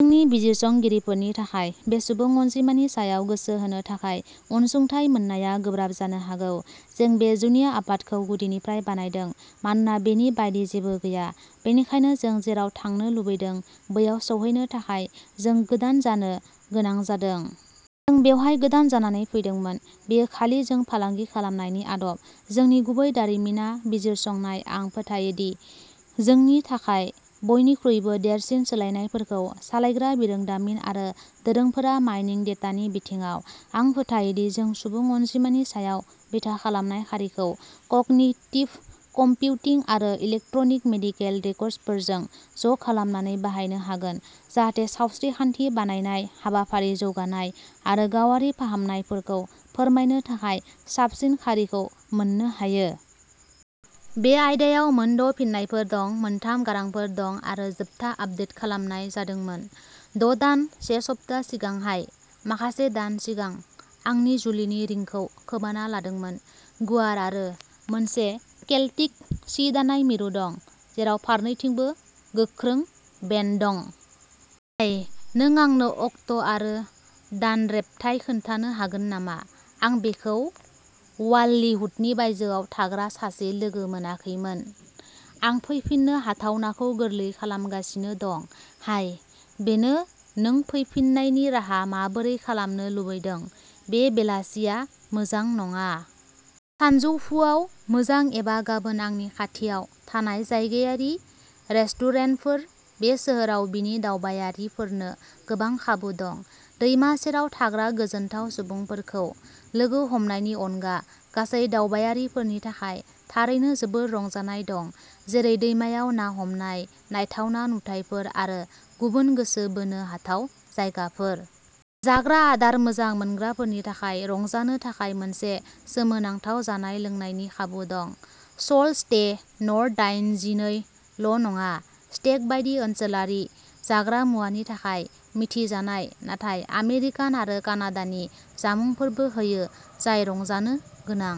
जोंनि बिजिरसंगिरिफोरनि थाखाय बे सुबुं अनजिमानि सायाव गोसो होनो थाखाय अनसुंथाय मोननाया गोब्राब जानो हागौ। जों बे जुनिया आफादखौ गुदिनिफ्राय बानायदों। मानोना बेनि बायदि जेबो गैया, बेनिखायनो जों जेराव थांनो लुबैदों बैयाव सौहैनो थाखाय जों गोदान जानो गोनां जादों। जों बेवहाय गोदान जानानै फैदोंमोन। बेयो खालि जों फालांगि खालामनायनि आदब। जोंनि गुबै "दारिमिन" आ बिजिरसंनाय आं फोथायो दि जोंनि थाखाय बयनिख्रुइबो देरसिन सोलायनायफोरखौ सालायग्रा बिरोंदामिन आरो दोरोंफोरा माइनिं डेटानि बिथिङाव। आं फोथायो दि जों सुबुं अनजिमानि सायाव बिथा खालामनाय खारिखौ कगनिटिभ कम्पिउटिं आरो इलेक्ट्रनिक मेडिकेल रेकर्डफोरजों ज'खालामनानै बाहायनो हागोन जाहाथे सावस्रि खान्थि बानायनाय, हाबाफारि जौगानाय आरो गावारि फाहामनायफोरखौ फोरमायनो थाखाय साबसिन खारिखौ मोननो हायो। बे आयदायाव मोन द' फिननायफोर दं, मोन थाम गारांफोर दं, आरो जोबथा आपदेट खालामनाय जादोंमोन द' दान, से सप्ता सिगांहाय माखासे दान सिगां आंनि जुलिनि रिंखौ खोमाना लादोंमोन। गुवार आरो मोनसे केल्टिक सि दानाय मिरु दं, जेराव फारनैथिंबो गोख्रों बेन्ड दं। हाय, नों आंनो अक्ट'आरो दानरेब्थाय खोन्थानो हागोन नामा? आं बेखौ वाल्लिहुडनि बायजोआव थाग्रा सासे लोगो मोनाखैमोन। आं फैफिननो हाथावनाखौ गोरलै खालामगासिनो दं। हाय, बेनो नों फैफिन्नायनि राहा माबोरै खालामनो लुबैदों। बे बेलासिया मोजां नङा। सानजौफुआव मोजां एबा गाबोन आंनि खाथियाव थानाय जायगायारि रेस्टुरेन्टफोर बे सोहोराव बिनि दावबायारिफोरनो गोबां खाबु दं, दैमा सेराव थाग्रा गोजोनथाव सुबुंफोरखौ लोगो हमनायनि अनगा गासै दावबायारिफोरनि थाखाय थारैनो जोबोद रंजानाय दं, जेरै दैमायाव ना हमनाय, नायथावना नुथायफोर आरो गुबुन गोसो बोनो हाथाव जायगाफोर। जाग्रा आदार मोजां मोनग्राफोरनि थाखाय रंजानो थाखाय मोनसे सोमोनांथाव जानाय लोंनायनि खाबु दं। Salt stay. नर्थ दाइनजिनै ल'नङा। स्टेक बायदि ओनसोलारि जाग्रा मुवानि थाखाय मिथिजानाय, नाथाय आमेरिकान आरो कानाडानि जामुंफोरबो होयो, जाय रंजानो गोनां।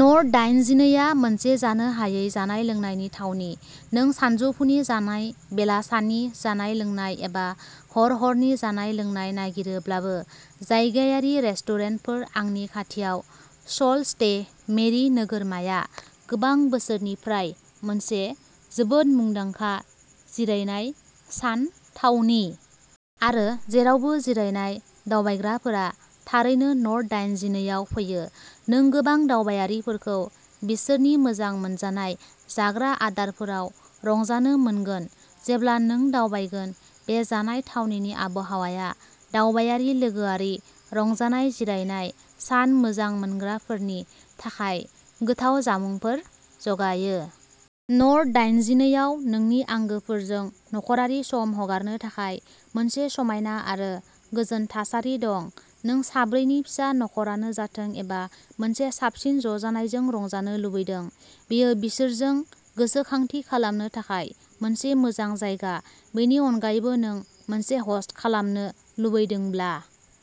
नर्थ दाइनजिनै आ मोनसे जानो हायै जानाय-लोंनायनि थावनि, नों सानजौफुनि जानाय, बेलासानि जानाय-लोंनाय एबा हर-हरनि जानाय-लोंनाय नागिरोब्लाबो। जायगायारि रेस्टुरेन्टफोर आंनि खाथियावः सल्ट स्टे. मेरि नोगोरमाया गोबां बोसोरनिफ्राय मोनसे जोबोद मुंदांखा जिरायनाय सान थावनि। आरो जेरावबो जिरायनाय दावबायग्राफोरा थारैनो नर्थ दाइनजिनै आव फैयो। नों गोबां दावबायारिफोरखौ बिसोरनि मोजां मोनजानाय जाग्रा आदारफोराव रंजानो मोनगोन जेब्ला नों दावबायगोन। बे जानाय थावनिनि आबहावाया दावबायारि लोगोआरि रंजानाय जिरायनाय सान मोजां मोनग्राफोरनि थाखाय गोथाव जामुंफोर जगायो। नर्थ दाइनजिनै आव नोंनि आंगोफोरजों नखरारि सम हगारनो थाखाय मोनसे समायना आरो गोजोन थासारि दं। नों साब्रैनि फिसा नखरानो जाथों एबा मोनसे साबसिन ज'जानायजों रंजानो लुबैदों। बेयो बिसोरजों गोसोखांथि खालामनो थाखाय मोनसे मोजां जायगा । बेनि अनगायैबो नों मोनसे ह'स्ट खालामनो लुबैदोंब्ला।